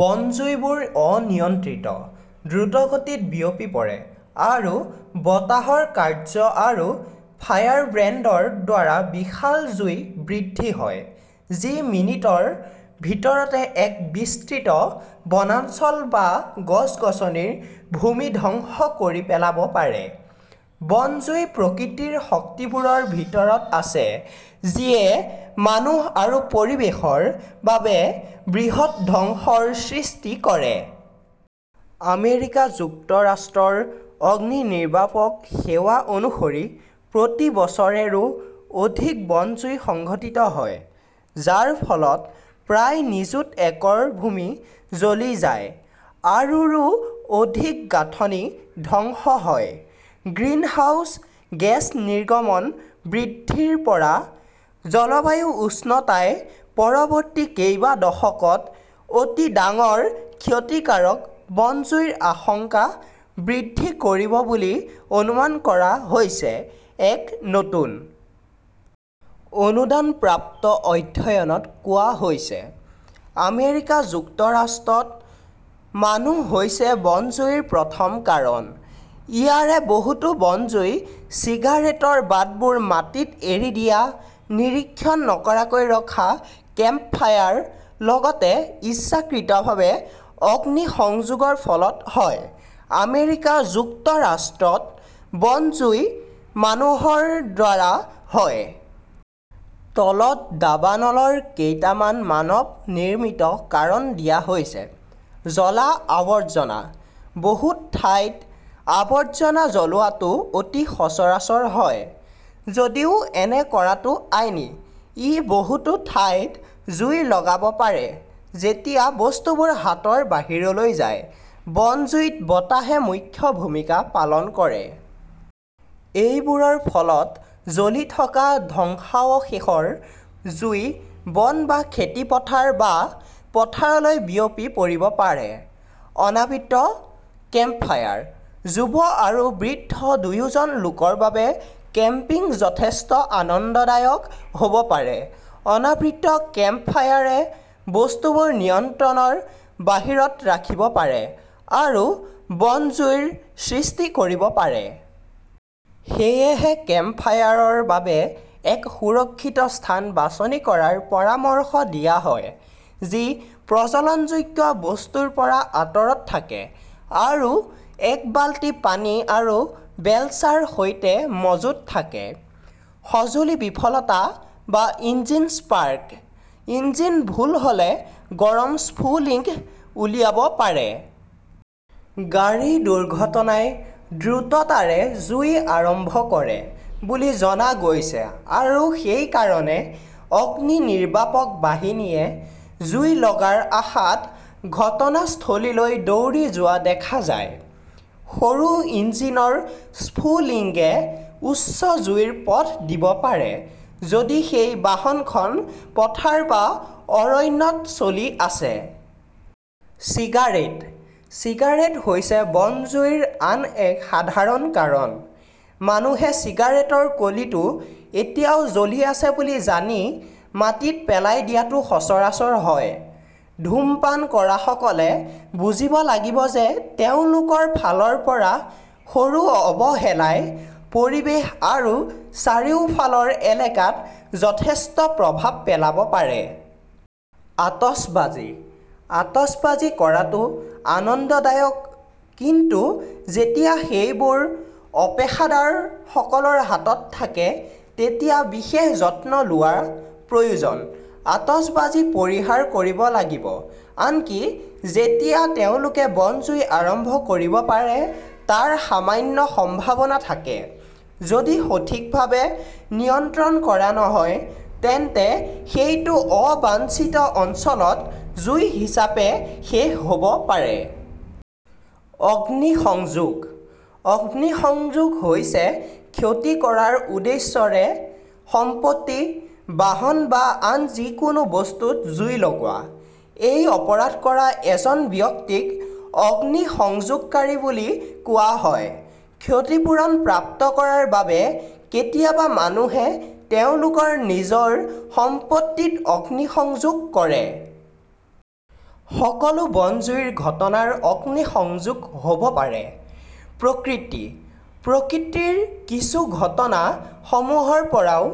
বনজুই বোৰ অনিয়ন্ত্ৰিত, দ্ৰুতগতিত বিয়পি পৰে, আৰু বতাহৰ কাৰ্য আৰু ফায়াৰব্ৰেণ্ডৰ দ্বাৰা বিশাল জুই বৃদ্ধি হয় যি মিনিটৰ ভিতৰতে এক বিস্তৃত বনাঞ্চল বা গছ-গছনিৰ ভূমি ধ্বংস কৰি পেলাব পাৰে। বন জুই প্ৰকৃতিৰ শক্তিবোৰৰ ভিতৰত আছে যিয়ে মানুহ আৰু পৰিৱেশৰ বাবে বৃহৎ ধ্বংসৰ সৃষ্টি কৰে। আমেৰিকা যুক্তৰাষ্ট্ৰৰ অগ্নি নিৰ্বাপক সেৱা অনুসৰি, প্ৰতি বছৰে ৰো অধিক বনজুই সংঘটিত হয়, যাৰ ফলত প্ৰায় নিযুত একৰ ভূমি জ্বলি যায় আৰু ৰো অধিক গাঁথনি ধ্বংস হয়। গ্ৰীণহাউচ গেছনিৰ্গমন বৃদ্ধিৰ পৰা জলবায়ু উষ্ণতাই পৰৱৰ্তী কেইবা দশকত অতি ডাঙৰ, ক্ষতিকাৰক বনজুইৰ আশংকা বৃদ্ধি কৰিব বুলি অনুমান কৰা হৈছে, এক নতুন... -অনুদানপ্ৰাপ্ত অধ্যয়নত কোৱা হৈছে। আমেৰিকা যুক্তৰাষ্ট্ৰত মানুহ হৈছে বনজুইৰ প্ৰথম কাৰণ। ইয়াৰে বহুতো বন জুই চিগাৰেটৰ বাটবোৰ মাটিত এৰি দিয়া, নিৰীক্ষণ নকৰাকৈ ৰখা কেম্পফায়াৰ, লগতে ইচ্ছাকৃতভাৱে অগ্নিসংযোগৰ ফলত হয়। আমেৰিকা যুক্তৰাষ্ট্ৰত বন জুই মানুহৰ দ্বাৰা হয়। তলত দাবানলৰ কেইটামান মানৱ-নিৰ্মিত কাৰণ দিয়া হৈছে। জ্বলা আৱৰ্জনা: বহু ঠাইত আৱৰ্জনা জ্বলোৱাটো অতি সচৰাচৰ হয়। যদিও এনে কৰাটো আইনী, ই বহুতো ঠাইত জুই লগাব পাৰে যেতিয়া বস্তুবোৰ হাতৰ বাহিৰলৈ যায়। বনজুইত বতাহে মুখ্য ভূমিকা পালন কৰে। এইবোৰৰ ফলত জ্বলি থকা ধ্বংসাৱশেষৰ জুই বন বা খেতি পথাৰ বা পথাৰলৈ বিয়পি পৰিব পাৰে। অনাবৃত কেম্পফায়াৰ: যুৱ আৰু বৃদ্ধ দুয়োজন লোকৰ বাবে কেম্পিং যথেষ্ট আনন্দদায়ক হ'ব পাৰে। অনাবৃত কেম্পফায়াৰে বস্তুবোৰ নিয়ন্ত্ৰণৰ বাহিৰত ৰাখিব পাৰে আৰু বন জুইৰ সৃষ্টি কৰিব পাৰে। সেয়েহে কেম্পফায়াৰৰ বাবে এক সুৰক্ষিত স্থান বাছনি কৰাৰ পৰামৰ্শ দিয়া হয় যি প্ৰজ্বলনযোগ্য বস্তুৰ পৰা আঁতৰত থাকে আৰু এক বাল্টি পানী আৰু বেলচাৰ সৈতে মজুত থাকে। সঁজুলি বিফলতা বা ইঞ্জিন স্পাৰ্ক ইঞ্জিন ভুল হ'লে গৰম স্ফুলিঙ্গ উলিয়াব পাৰে। গাড়ী দুৰ্ঘটনাই দ্ৰুততাৰে জুই আৰম্ভ কৰে বুলি জনা গৈছে আৰু সেইকাৰণে অগ্নিনিৰ্বাপক বাহিনীয়ে জুইলগাৰ আশাত ঘটনাস্থলীলৈ দৌৰি যোৱা দেখা যায়। সৰু ইঞ্জিনৰ স্ফুলিঙ্গে উচ্চ জুইৰ পথ দিব পাৰে যদি সেই বাহনখন পথাৰ বা অৰণ্যত চলি আছে। চিগাৰেট চিগাৰেট হৈছে বন জুইৰ আন এক সাধাৰণ কাৰণ। মানুহে চিগাৰেটৰ কলিটো এতিয়াও জ্বলি আছে বুলি জানি মাটিত পেলাই দিয়াটো সচৰাচৰ হয়। ধূমপান কৰা সকলে বুজিব লাগিব যে তেওঁলোকৰ ফালৰ পৰা সৰু অৱহেলাই পৰিৱেশ আৰু চাৰিওফালৰ এলেকাত যথেষ্ট প্ৰভাৱ পেলাব পাৰে। আতচবাজী আতচবাজী কৰাটো আনন্দদায়ক কিন্তু যেতিয়া সেইবোৰ অপেশাদাৰসকলৰ হাতত থাকে তেতিয়া বিশেষ যত্ন লোৱা প্ৰয়োজন। আতচবাজী পৰিহাৰ কৰিব লাগিব আনকি যেতিয়া তেওঁলোকে বন জুই আৰম্ভ কৰিব পাৰে তাৰ সামান্য সম্ভাৱনা থাকে। যদি সঠিকভাৱে নিয়ন্ত্ৰণ কৰা নহয় তেন্তে সেইটো অবাঞ্ছিত অঞ্চলত জুই হিচাপে শেষ হ'ব পাৰে। অগ্নিসংযোগ :অগ্নিসংযোগ হৈছে ক্ষতি কৰাৰ উদ্দেশ্যৰে সম্পত্তি, বাহন বা আন যিকোনো বস্তুত জুই লগোৱা। এই অপৰাধ কৰা এজন ব্যক্তিক অগ্নিসংযোগকাৰী বুলি কোৱা হয়। ক্ষতিপূৰণ প্ৰাপ্ত কৰাৰ বাবে কেতিয়াবা মানুহে তেওঁলোকৰ নিজৰ সম্পত্তিত অগ্নিসংযোগ কৰে। সকলো বন জুইৰ ঘটনাৰ অগ্নিসংযোগ হ'ব পাৰে।. প্ৰকৃতি: প্ৰকৃতিৰ কিছু ঘটনা সমূহৰ পৰাও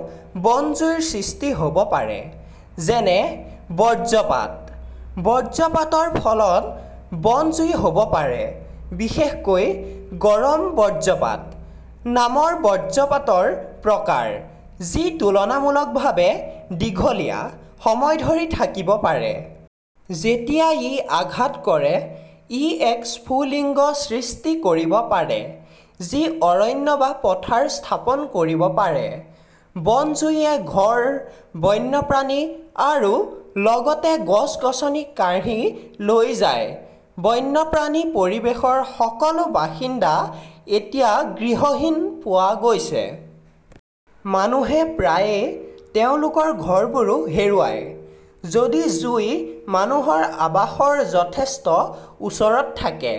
বন জুইৰ সৃষ্টি হব পাৰে যেনে বজ্ৰপাত বজ্ৰপাতৰ ফলত বন জুই হ'ব পাৰে, বিশেষকৈ "গৰম বজ্ৰপাত" নামৰ বজ্ৰপাতৰ প্ৰকাৰ, যি তুলনামূলকভাৱে দীঘলীয়া সময়ধৰি থাকিব পাৰে। যেতিয়া ই আঘাত কৰে, ই এক স্ফুলিঙ্গ সৃষ্টি কৰিব পাৰে যি অৰণ্য বা পথাৰ স্থাপন কৰিব পাৰে।. বন জুইয়ে ঘৰ, বন্যপ্ৰাণী আৰু লগতে গছ-গছনি কাঢ়ি লৈ যায়। বন্যপ্ৰাণী পৰিৱেশৰ সকলো বাসিন্দা এতিয়া গৃহহীন পোৱা গৈছে। মানুহে প্ৰায়ে তেওঁলোকৰ ঘৰবোৰো হেৰুৱায় যদি জুই মানুহৰ আৱাসৰ যথেষ্ট ওচৰত থাকে।